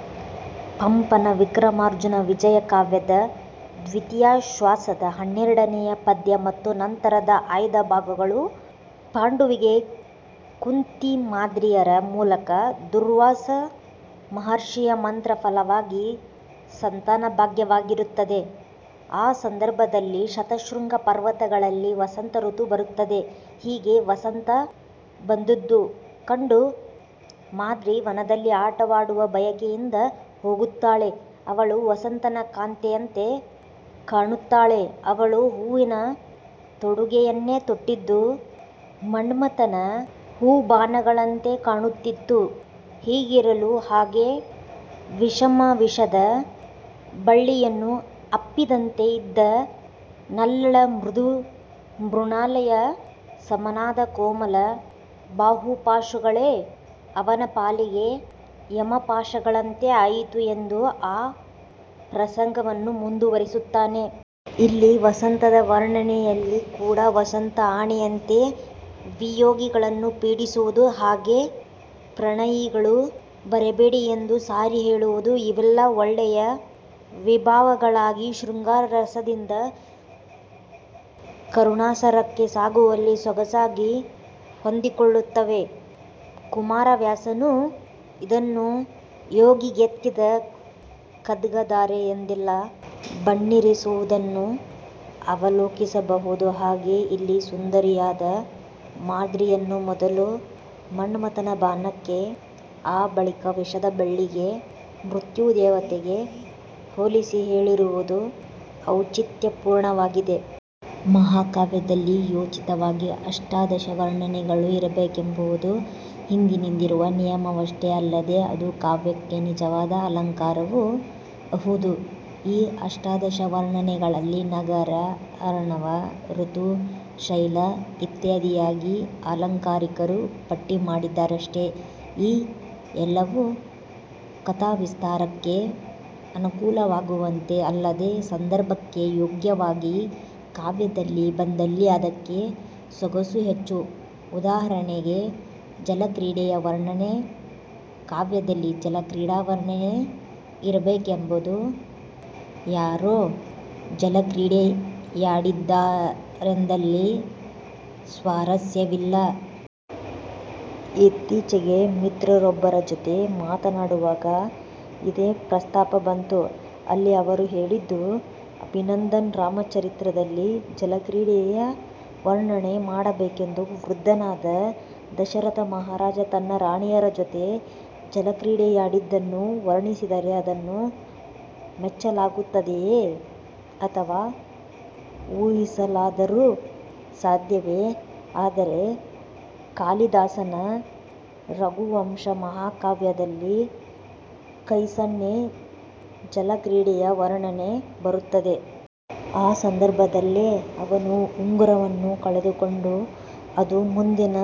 ಸಂದರ್ಭ: ಪಂಪನ ವಿಕ್ರಮಾರ್ಜುನ ವಿಜಯ ಕಾವ್ಯದ ದ್ವಿತೀಯಾಶ್ವಾಸದ ಹನ್ನೆರಡನೆಯ ಪದ್ಯ ಮತ್ತು ನಂತರದ ಆಯ್ದ ಭಾಗಗಳು- ಪಾಂಡುವಿಗೆ ಕುಂತಿಮಾದ್ರಿಯರ ಮೂಲಕ ದೂರ್ವಾಸ ಮಹರ್ಷಿಯ ಮಂತ್ರಫಲವಾಗಿ ಸಂತಾನಭಾಗ್ಯವಾಗಿರುತ್ತದೆ. ಆ ಸಂದರ್ಭದಲ್ಲಿ ಶತಶೃಂಗ ಪರ್ವತಗಳಲ್ಲಿ ವಸಂತ ಋತು ಬರುತ್ತದೆ. ಹೀಗೆ ವಸಂತ ಬಂದದ್ದು ಕಂಡು ಮಾದ್ರಿ ವನದಲ್ಲಿ ಆಟವಾಡುವ ಬಯಕೆಯಿಂದ ಹೋಗುತ್ತಾಳೆ ಅವಳು ವಸಂತನ ಕಾಂತೆಯಂತೆ ಕಾಣುತ್ತಾಳೆ ಅವಳು ಹೂವಿನ ತೊಡುಗೆಯನ್ನೇ ತೊಟ್ಟಿದ್ದು ಮನ್ಮಥನ ಹೂಬಾಣಗಳಂತೆ ಕಾಣುತ್ತಿತ್ತು ಹೀಗಿರಲು ಹಾಗೆ ವಿಷಮ ವಿಷದ ಬಳ್ಳಿಯನ್ನು ಅಪ್ಪಿದಂತೆ ಇದ್ದ ನಲ್ಲಳ ಮೃದು ಮೃಣಾಲ ಸಮನಾದ ಕೋಮಲ ಬಾಹುಪಾಶಗಳೇ ಅವನ ಪಾಲಿಗೆ ಯಮಪಾಶಗಳಂತೆ ಆಯಿತು ಎಂದು ಆ ಪ್ರಸಂಗವನ್ನು ಮುಂದುವರೆಸುತ್ತಾನೆ. ಇಲ್ಲಿ ವಸಂತದ ವರ್ಣನೆಯಲ್ಲಿ ಕೂಡ ವಸಂತ ಆನೆಯಂತೆ ವಿಯೋಗಿಗಳನ್ನು ಪೀಡಿಸುವುದು ಹಾಗೇ ಪ್ರಣಯಿಗಳು ಬರಬೇಡಿ ಎಂದು ಸಾರಿ ಹೇಳುವುದು ಇವೆಲ್ಲ ಒಳ್ಳೆಯ ವಿಭಾವಗಳಾಗಿ ಶೃಂಗಾರ ರಸದಿಂದ ಕರುಣಾರಸಕ್ಕೆ ಸಾಗುವಲ್ಲಿ ಸೊಗಸಾಗಿ ಹೊಂದಿಕೊಳ್ಳುತ್ತವೆ.. ಕುಮಾರವ್ಯಾಸನೂ ಇದನ್ನು ಯೋಗಿಗೆತ್ತಿದ ಖದ್ಗಧಾರೆ ಎಂದೆಲ್ಲ ಬಣ್ಣಿಸಿರುವುದನ್ನು ಅವಲೋಕಿಸಬಹುದು. ಹಾಗೆಯೇ ಇಲ್ಲಿ ಸುಂದರಿಯಾದ ಮಾದ್ರಿಯನ್ನು ಮೊದಲು ಮನ್ಮಥನ ಬಾಣಕ್ಕೆ ಆಬಳಿಕ ವಿಷದ ಬಳ್ಳಿಗೆ ಮೃತ್ಯು ದೇವತೆಗೆ ಹೋಲಿಸಿ ಹೇಳಿರುವುದು ಔಚಿತ್ಯಪೂರ್ಣವಾಗಿದೆ. ಮಹಾಕಾವ್ಯದಲ್ಲಿ ಯಥೋಚಿತವಾಗಿ ಅಷ್ಟಾದಶವರ್ಣನೆಗಳು ಇರಬೇಕೆಂಬುದು ಹಿಂದಿನಿಂದಿರುವ ನಿಯಮವಷ್ಟೇ ಅಲ್ಲದೆ ಅದು ಕಾವ್ಯಕ್ಕೆ ನಿಜವಾದ ಅಲಂಕಾರವೂ ಅಹುದು. ಈ ಅಷ್ಟಾದಶ ವರ್ಣನೆಗಳಲ್ಲಿ ನಗರ, ಅರ್ಣವ, ಋತು, ಶೈಲ ಇತ್ಯಾದಿಯಾಗಿ ಆಲಂಕಾರಿಕರು ಪಟ್ಟಿ ಮಾಡಿದ್ದಾರಷ್ಟೆ. ಈ ಎಲ್ಲವೂ ಕಥಾವಿಸ್ತಾರಕ್ಕೆ ಅನುಕೂಲವಾಗುವಂತೆ ಅಲ್ಲದೇ ಸಂದರ್ಭಕ್ಕೆ ಯೋಗ್ಯವಾಗಿ ಕಾವ್ಯದಲ್ಲಿ ಬಂದಲ್ಲಿ ಅದಕ್ಕೆ ಸೊಗಸು ಹೆಚ್ಚು. ಉದಾಹರಣೆಗೆ ಜಲಕ್ರೀಡೆಯ ವರ್ಣನೆ- ಕಾವ್ಯದಲ್ಲಿ ಜಲಕ್ರೀಡಾ ವರ್ಣನೆ ಇರಬೇಕೆಂದು ಯಾರೋ ಜಲಕ್ರೀಡೆಯಾಡಿದರೆಂದಲ್ಲಿ ಸ್ವಾರಸ್ಯವಿಲ್ಲ. ಇತ್ತೀಚೆಗೆ ಮಿತ್ರರೊಬ್ಬರ ಜೊತೆ ಮಾತನಾಡುವಾಗ ಇದೇ ಪ್ರಸ್ತಾಪ ಬಂತು- ಅಲ್ಲಿ ಅವರು ಹೇಳಿದ್ದು-ಅಭಿನಂದನ ರಾಮಚರಿತದಲ್ಲಿ-ಜಲಕ್ರೀಡೆಯ ವರ್ಣನೆ ಮಾಡಬೇಕೆಂದು ವೃದ್ಧನಾದ ದಶರಥಮಹಾರಾಜ ತನ್ನ ರಾಣಿಯರ ಜೊತೆ ಜಲಕ್ರೀಡೆಯಾಡಿದ್ದನ್ನು ವರ್ಣಿಸಿದರೆ ಅದನ್ನು ಮೆಚ್ಚಲಾಗುತ್ತದೆಯೇ! ಅಥವಾ ಊಹಿಸಲಾದರೂ ಸಾಧ್ಯವೇ? ಆದರೆ ಕಾಲಿದಾಸನ ರಘುವಂಶ ಮಹಾಕಾವ್ಯದಲ್ಲಿ ಕೈಸನ್ನೆ ಜಲಕ್ರೀಡೆಯ ವರ್ಣನೆ ಬರುತ್ತದೆ. ಆ ಸಂದರ್ಭದಲ್ಲೇ ಅವನು ಉಂಗುರವನ್ನು ಕಳೆದುಕೊಂಡು ಅದು ಮುಂದಿನ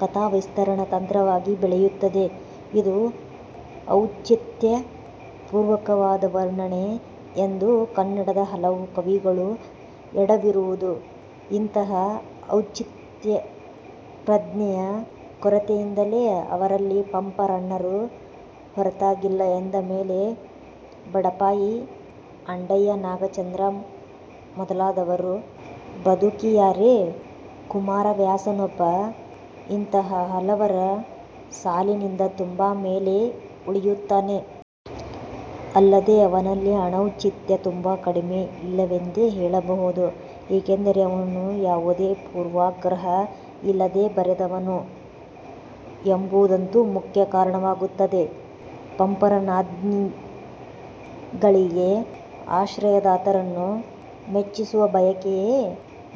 ಕಥಾವಿಸ್ತರಣ ತಂತ್ರವಾಗಿ ಬೆಳೆಯುತ್ತದೆ. ಇದು ಔಚಿತ್ಯಪೂರ್ವಕವಾದ ವರ್ಣನೆ ಎಂದು. ಕನ್ನಡದ ಹಲವು ಕವಿಗಳು ಎಡವಿರುವುದು ಇಂತಹ ಔಚಿತ್ಯಪ್ರಜ್ಞೆಯ ಕೊರತೆಯಿಂದಲೇ, ಅವರಲ್ಲಿ ಪಂಪ ರನ್ನರೂ ಹೊರತಾಗಿಲ್ಲ ಎಂದಮೇಲೆ ಬಡಪಾಯಿ ಆಂಡಯ್ಯನಾಗಚಂದ್ರ ಮೊದಲಾದವರು ಬದುಕಿಯಾರೇ! ಕುಮಾರವ್ಯಾಸನೊಬ್ಬ ಇಂತಹ ಹಲವರ ಸಾಲಿನಿಂದ ತುಂಬಾ ಮೇಲೇ ಉಳಿಯುತ್ತಾನೆ. ಅಲ್ಲದೇ ಅವನಲ್ಲಿ ಅನೌಚಿತ್ಯ ತುಂಬಾ ಕಡಿಮೆ-ಇಲ್ಲವೆಂದೇ ಹೇಳಬಹುದು. ಏಕೆಂದರೆ ಅವನು ಯಾವುದೇ ಪೂರ್ವಾಗ್ರಹ ಇಲ್ಲದೇ ಬರೆದವನು ಎಂಬುದಂತೂ ಮುಖ್ಯ ಕಾರಣವಾಗುತ್ತದೆ. ಪಂಪರನ್ನಾದಿಗಳಿಗೆ ಆಶ್ರಯದಾತರನ್ನು ಮೆಚ್ಚಿಸುವ ಬಯಕೆಯೇ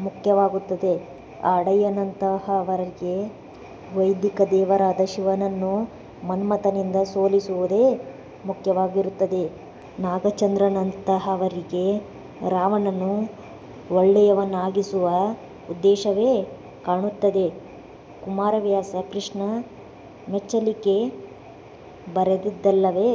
ಮುಖ್ಯವಾಗುತ್ತದೆ, ಆಂಡಯ್ಯನಂತಹವರಿಗೆ ವೈದಿಕದೇವರಾದ ಶಿವನನ್ನು ಮನ್ಮಥನಿಂದ ಸೋಲಿಸುವುದೇ ಮುಖ್ಯವಾಗುತ್ತದೆ. ನಾಗಚಂದ್ರನಂತಹವರಿಗೆ ರಾವಣನನ್ನು ಒಳ್ಳೆಯವನನ್ನಾಗಿಸುವ ಉದ್ದೇಶವೇ ಕಾಣುತ್ತದೆ. ಕುಮಾರವ್ಯಾಸ 'ಕೃಷ್ಣ ಮೆಚ್ಚಲಿಕೆ'ಬರೆದದ್ದಲ್ಲವೇ.